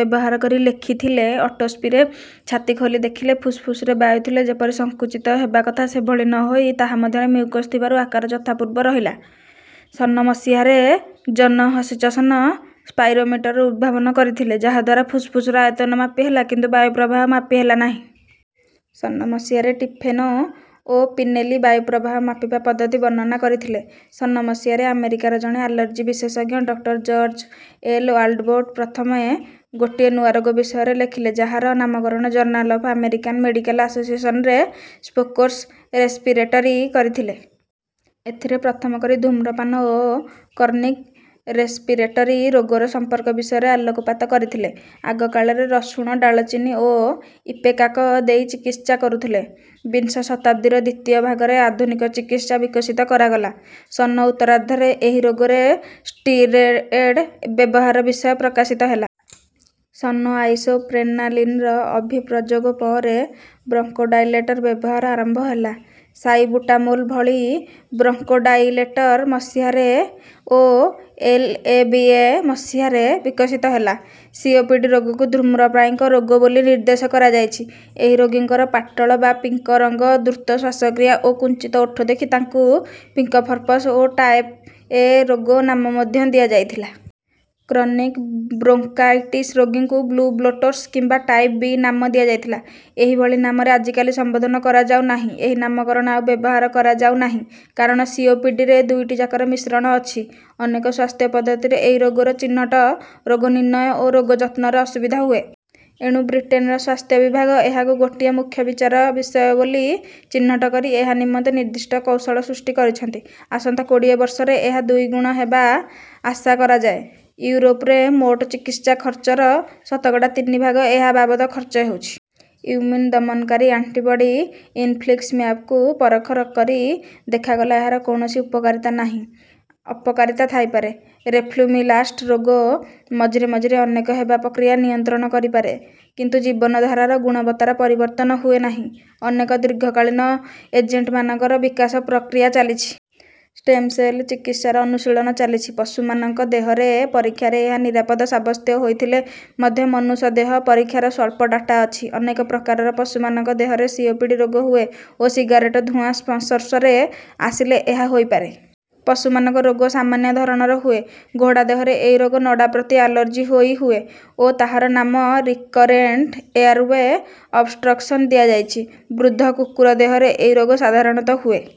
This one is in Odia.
ବ୍ୟବହାର କରି ଲେଖିଥିଲେ ଅଟୋପ୍ସିରେ ଛାତି ଖୋଲି ଦେଖିଲେ ଫୁସଫୁସରେ ବାୟୁ ଥିଲେ ଯେପରି ସଙ୍କୁଚିତ ହେବା କଥା ସେଭଳି ନ ହୋଇ ତାହା ମଧ୍ୟରେ ମ୍ୟୁକସ ଥିବାରୁ ଆକାର ଯଥାପୂର୍ବ ରହିଲା। ସନ ମସିହାରେ ଜନ ହଚିନସନ ସ୍ପାଇରୋମିଟର ଉଦ୍ଭାବନ କରିଥିଲେ ଯାହାଦ୍ୱାରା ଫୁସଫୁସର ଆୟତନ ମାପି ହେଲା କିନ୍ତୁ ବାୟୁପ୍ରବାହ ମାପି ହେଲା ନାହିଁ। ସନ ମସିହାରେ ଟିଫେନୋ ଓ ପିନେଲି ବାୟୁ ପ୍ରବାହ ମାପିବା ପଦ୍ଧତି ବର୍ଣ୍ଣନା କରିଥିଲେ। ସନ ମସିହାରେ ଆମେରିକାର ଜଣେ ଆଲର୍ଜି ବିଶେଷଜ୍ଞ ଡକ୍ଟର ଜର୍ଜ ଏଲ ୱାଲ୍ଡବୋଟ ପ୍ରଥମେ ଗୋଟିଏ ନୂଆ ରୋଗ ବିଷୟରେ ଲେଖିଲେ ଯାହାର ନାମକରଣ ଜର୍ନାଲ ଅଫ ଆମେରିକାନ ମେଡିକାଲ ଆସୋସିଏସନରେ ସ୍ମୋକର୍ସ ରେସ୍ପିରେଟରୀ କରିଥିଲେ। ଏଥିରେ ପ୍ରଥମ କରି ଧୂମ୍ରପାନ ଓ କ୍ରନିକ ରେସପିରେଟରୀ ରୋଗର ସମ୍ପର୍କ ବିଷୟରେ ଆଲୋକପାତ କରିଥିଲେ। ଆଗ କାଳରେ ରସୁଣ ଡାଲଚିନି ଓ ଇପେକାକ ଦେଇ ଚିକିତ୍ସା କରୁଥିଲେ। ବିଂଶ ଶତାବ୍ଦୀର ଦ୍ୱିତୀୟ ଭାଗରେ ଆଧୁନିକ ଚିକିତ୍ସା ବିକଶିତ କରାଗଲା। ସନ ଉତ୍ତରାର୍ଦ୍ଧରେ ଏହି ରୋଗରେ ଷ୍ଟିରଏଡ ବ୍ୟବହାର ବିଷୟ ପ୍ରକାଶିତ ହେଲା। ସନ ଆଇସୋପ୍ରେନାଲିନର ଅଭିପ୍ରଯୋଗ ପରେ ବ୍ରଙ୍କୋଡାଇଲେଟର ବ୍ୟବହାର ଆରମ୍ଭ ହେଲା। ସାଲବୁଟାମୋଲ ଭଳି ବ୍ରଙ୍କୋଡାଇଲେଟର ମସିହାରେ ଓ ଏଲଏବିଏ ମସିହାରେ ବିକଶିତ ହେଲା। ସିଓପିଡି ରୋଗକୁ ଧୂମ୍ରପାୟୀଙ୍କ ରୋଗ ବୋଲି ନିର୍ଦ୍ଦେଶ କରାଯାଇଛି। ଏହି ରୋଗୀଙ୍କର ପାଟଳ ବା ପିଙ୍କ ରଙ୍ଗ ଦ୍ରୁତ ଶ୍ୱାସକ୍ରିୟା ଓ କୁଞ୍ଚିତ ଓଠ ଦେଖି ତାଙ୍କୁ ପିଙ୍କ ପଫର୍ସ ଓ ଟାଇପ ଏ ରୋଗ ନାମ ମଧ୍ୟ ଦିଆଯାଇଥିଲା। କ୍ରନିକ ବ୍ରୋଙ୍କାଇଟିସ ରୋଗୀଙ୍କୁ ବ୍ଲୁ ବ୍ଲୋଟର୍ସ କିମ୍ବା ଟାଇପ ବି ନାମ ଦିଆଯାଇଥିଲା। ଏହି ଭଳି ନାମରେ ଆଜିକାଲି ସମ୍ବୋଧନ କରାଯାଉ ନାହିଁ। ଏହି ନାମକରଣ ଆଉ ବ୍ୟବହାର କରାଯାଉ ନାହିଁ କାରଣ ସିଓପିଡିରେ ଦୁଇଟି ଯାକର ମିଶ୍ରଣ ଅଛି। ଅନେକ ସ୍ୱାସ୍ଥ୍ୟ ପଦ୍ଧତିରେ ଏହି ରୋଗର ଚିହ୍ନଟ ରୋଗ ନିର୍ଣ୍ଣୟ ଓ ରୋଗୀ ଯତ୍ନରେ ଅସୁବିଧା ହୁଏ। ଏଣୁ ବ୍ରିଟେନର ସ୍ୱାସ୍ଥ୍ୟ ବିଭାଗ ଏହାକୁ ଗୋଟିଏ ମୁଖ୍ୟ ବିଚାର ବିଷୟ ବୋଲି ଚିହ୍ନଟ କରି ଏହା ନିମନ୍ତେ ନିର୍ଦ୍ଦିଷ୍ଟ କୌଶଳ ସୃଷ୍ଟି କରିଛନ୍ତି। ଆସନ୍ତା କୋଡ଼ିଏ ବର୍ଷରେ ଏହା ଦୁଇ ଗୁଣ ହେବା ଆଶା କରାଯାଏ। ୟୁରୋପରେ ମୋଟ ଚିକିତ୍ସା ଖର୍ଚ୍ଚର ଶତକଡ଼ା ତିନି ଭାଗ ଏହା ବାବଦ ଖର୍ଚ୍ଚ ହେଉଛି। ଇମ୍ୟୁନ ଦମନକାରୀ ଆଣ୍ଟିବଡି ଇନଫ୍ଲିକ୍ସିମ୍ୟାବକୁ ପରଖ କରି ଦେଖାଗଲା ଏହାର କୌଣସି ଉପକାରିତା ନାହିଁ ଅପକାରିତା ଥାଇପାରେ। ରୋଫ୍ଲୁମିଲାଷ୍ଟ ରୋଗ ମଝିରେ ମଝିରେ ଅଧିକ ହେବା ପ୍ରକ୍ରିୟା ନିୟନ୍ତ୍ରଣ କରିପାରେ କିନ୍ତୁ ଜୀବନଧାରାର ଗୁଣବତ୍ତାର ପରିବର୍ତ୍ତନ ହୁଏ ନାହିଁ। ଅନେକ ଦୀର୍ଘକାଳୀନ ଏଜେଣ୍ଟମାନଙ୍କର ବିକାଶ ପ୍ରକ୍ରିୟା ଚାଲିଛି। ଷ୍ଟେମ ସେଲ ଚିକିତ୍ସାର ଅନୁଶୀଳନ ଚାଲିଛି। ପଶୁମାନଙ୍କ ଦେହର ପରୀକ୍ଷାରେ ଏହା ନିରାପଦ ସାବ୍ୟସ୍ତ ହୋଇଥିଲେ ମଧ୍ୟ ମନୁଷ୍ୟ ଦେହ ପରୀକ୍ଷାର ସ୍ୱଳ୍ପ ଡାଟା ଅଛି। ଅନେକ ପ୍ରକାରର ପଶୁମାନଙ୍କ ଦେହରେ ସିଓପିଡି ରୋଗ ହୁଏ ଓ ସିଗାରେଟ ଧୂଆଁ ସଂସ୍ପର୍ଶରେ ଆସିଲେ ଏହା ହୋଇପାରେ। ପଶୁମାନଙ୍କ ରୋଗ ସାମାନ୍ୟ ଧରଣର ହୁଏ। ଘୋଡ଼ା ଦେହରେ ଏହି ରୋଗ ନଡ଼ା ପ୍ରତି ଆଲର୍ଜି ହୋଇ ହୁଏ ଓ ତାହାର ନାମ ରିକରେଣ୍ଟ ଏୟାରୱେ ଅବଷ୍ଟ୍ରକସନ ଦିଆଯାଇଛି। ବୃଦ୍ଧ କୁକୁର ଦେହରେ ଏହି ରୋଗ ସାଧାରଣତଃ ହୁଏ।